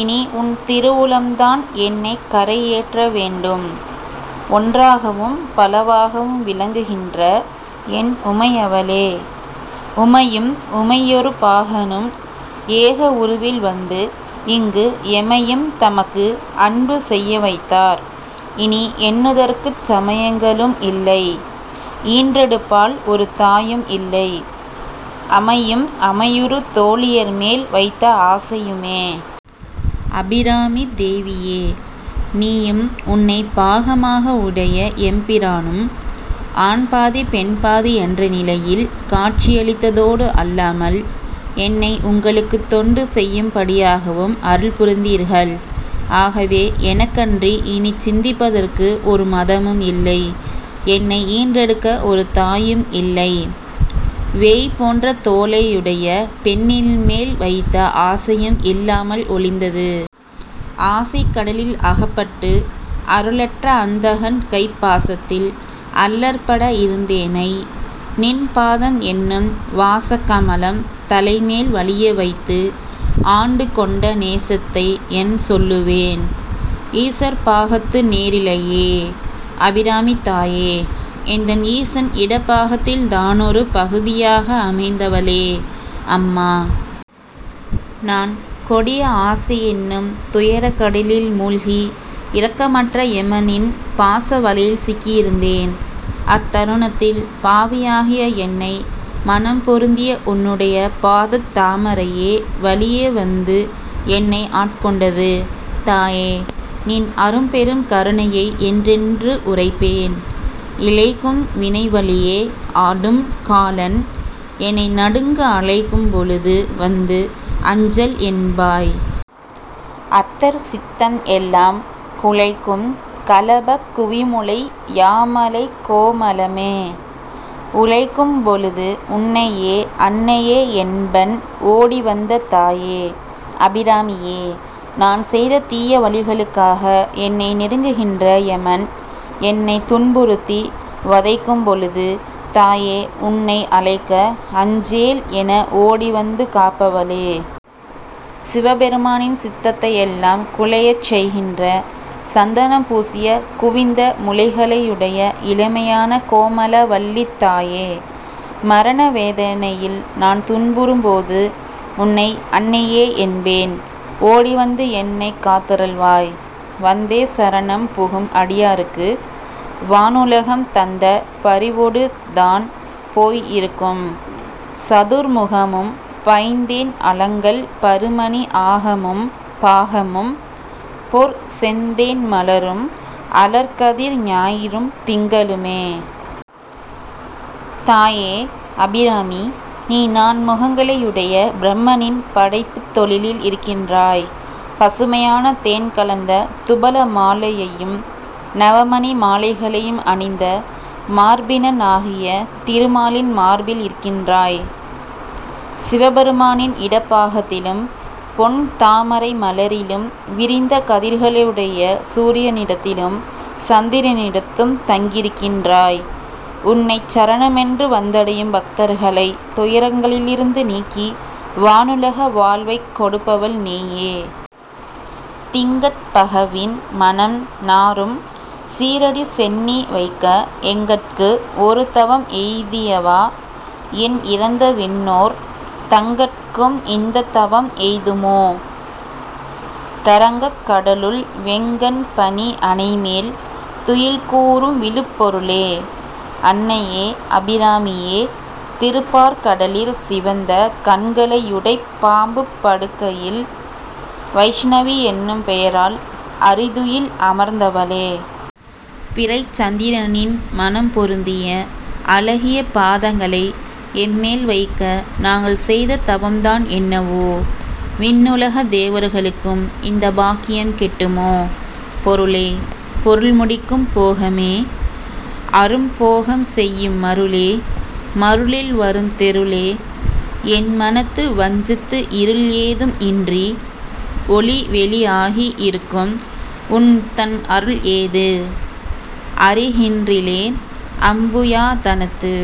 இனி உன் திருவுளம்தான் என்னைக் கரை ஏற்ற வேண்டும். ஒன்றாகவும், பலவாகவும், விளங்குகின்ற என் உமையவளே!: உமையும் உமையொருபாகனும், ஏக உருவில் வந்து இங்கு எமையும் தமக்கு அன்பு செய்யவைத்தார், இனி எண்ணுதற்குச் சமையங்களும் இல்லை, ஈன்றெடுப்பாள் ஒரு தாயும் இல்லை, அமையும் அமையுறு தோளியர்மேல் வைத்த ஆசையுமே. அபிராமித் தேவியே! நீயும், உன்னைப் பாகமாகவுடைய எம்பிரானும், ஆண்பாதி, பெண்பாதி என்ற நிலையில் காட்சியளித்ததோடு அல்லாமல், என்னை உங்களுக்குத் தொண்டு செய்யும்படியாகவும் அருள்புரிந்தீர்கள். ஆகவே எனக்கன்றி இனிச் சிந்திப்பதற்கு ஒரு மதமும் இல்லை. என்னை ஈன்றெடுக்க ஒரு தாயும் இல்லை. வேய் போன்ற தோளையுடைய பெண்ணின் மேல் வைத்த ஆசையும் இல்லாமல் ஒழிந்தது.: ஆசைக் கடலில் அகப்பட்டு, அருளற்ற அந்தகன் கைப் பாசத்தில் அல்லற்பட இருந்தேனை, நின் பாதம் என்னும் வாசக் கமலம் தலைமேல் வலிய வைத்து, ஆண்டு கொண்ட நேசத்தை என் சொல்லுவேன்? ஈசர் பாகத்து நேரிழையே. அபிராமித்தாயே! எந்தன் ஈசன் இடப்பாகத்தில் தானொரு பகுதியாக அமைந்தவளே! அம்மா! நான் கொடிய ஆசையென்னும் துயரக் கடலில் மூழ்கி இரக்கமற்ற எமனின் பாச வலையில் சிக்கியிருந்தேன். அத் தருணத்தில் பாவியாகிய என்னை மணம் பொருந்திய உன்னுடைய பாதத் தாமரையே வலிய வந்து என்னை ஆட்கொண்டது! தாயே! நின் அரும்பெரும் கருணையை என்றென்று உரைப்பேன்!: இழைக்கும் வினைவழியே அடும் காலன், எனை நடுங்க அழைக்கும் பொழுது வந்து, அஞ்சல் என்பாய். அத்தர் சித்தம் எல்லாம் குழைக்கும் களபக் குவிமுலை யாமளைக் கோமளமே. உழைக்கும் பொழுது, உன்னையே அன்னையே என்பன் ஓடிவந்தே தாயே! அபிராமியே! நான் செய்த தீய வழிகளுக்காக என்னை நெருங்குகின்ற எமன் என்னைத் துன்புறுத்தி, வதைக்கும் பொழுது, தாயே உன்னை அழைக்க, அஞ்சேல் என ஓடிவந்து காப்பவளே! சிவ பெருமானின் சித்தத்தையெல்லாம் குழையச் செய்கின்ற சந்தனம் பூசிய குவிந்த முலைகளையுடைய இளமையான கோமளவல்லித் தாயே! மரண வேதனையில் நான் துன்புறும் போது உன்னை, 'அன்னையே' என்பேன். ஓடிவந்து என்னைக் காத்தருள்வாய்!: வந்தே சரணம் புகும் அடியாருக்கு, வானுலகம் தந்த பரிவொடு தான் போய் இருக்கும்--சதுர்முகமும், பைந் தேன் அலங்கல் பரு மணி ஆகமும், பாகமும், பொற் செந் தேன் மலரும், அலர் கதிர் ஞாயிறும், திங்களுமே. தாயே! அபிராமி, நீ நான்முகங்களையுடைய பிரம்மனின் படைப்புத் தொழிலில் இருக்கின்றாய்! பசுமையான தேன் கலந்த துபள மாலையையும், நவமணி மாலைகளையும் அணிந்த மார்பினனாகிய திருமாலின் மார்பில் இருக்கின்றாய்! சிவபெருமானின் இடப்பாகத்திலும், பொன் தாமரை மலரிலும், விரிந்த கதிர்களுடைய சூரியனிடத்திலும், சந்திரனிடத்தும் தங்கியிருக்கின்றாய். உன்னைச் சரணமென்று வந்தடையும் பக்தர்களைத் துயரங்களிலிருந்து நீக்கி, வானுலக வாழ்வைக் கொடுப்பவள் நீயே.: திங்கட் பகவின் மணம் நாறும் சீறடி சென்னி வைக்க எங்கட்கு ஒரு தவம் எய்தியவா, எண் இறந்த விண்ணோர்-- தங்கட்கும் இந்தத் தவம் எய்துமோ? தரங்கக் கடலுள் வெங்கண் பணி அணைமேல் துயில்கூரும் விழுப்பொருளே. அன்னையே! அபிராமியே! திருப்பாற்கடலிற் சிவந்த கண்களையுடை பாம்புப் படுக்கையில் வைஷ்ணவி என்னும் பெயரால் அறிதுயில் அமர்ந்தவளே! பிறைச் சந்திரனின் மணம் பொருந்திய அழகிய பாதங்களை எம்மேல் வைக்க நாங்கள் செய்த தவம்தான் என்னவோ! விண்ணுலகத் தேவர்களுக்கும் இந்தப் பாக்கியம் கிட்டுமோ!: பொருளே, பொருள் முடிக்கும் போகமே, அரும் போகம் செய்யும் மருளே, மருளில் வரும் தெருளே, என் மனத்து வஞ்சத்து இருள் ஏதும் இன்றி ஒளி வெளி ஆகி இருக்கும் உன்தன் அருள் ஏது. அறிகின்றிலேன், அம்புயாதனத்து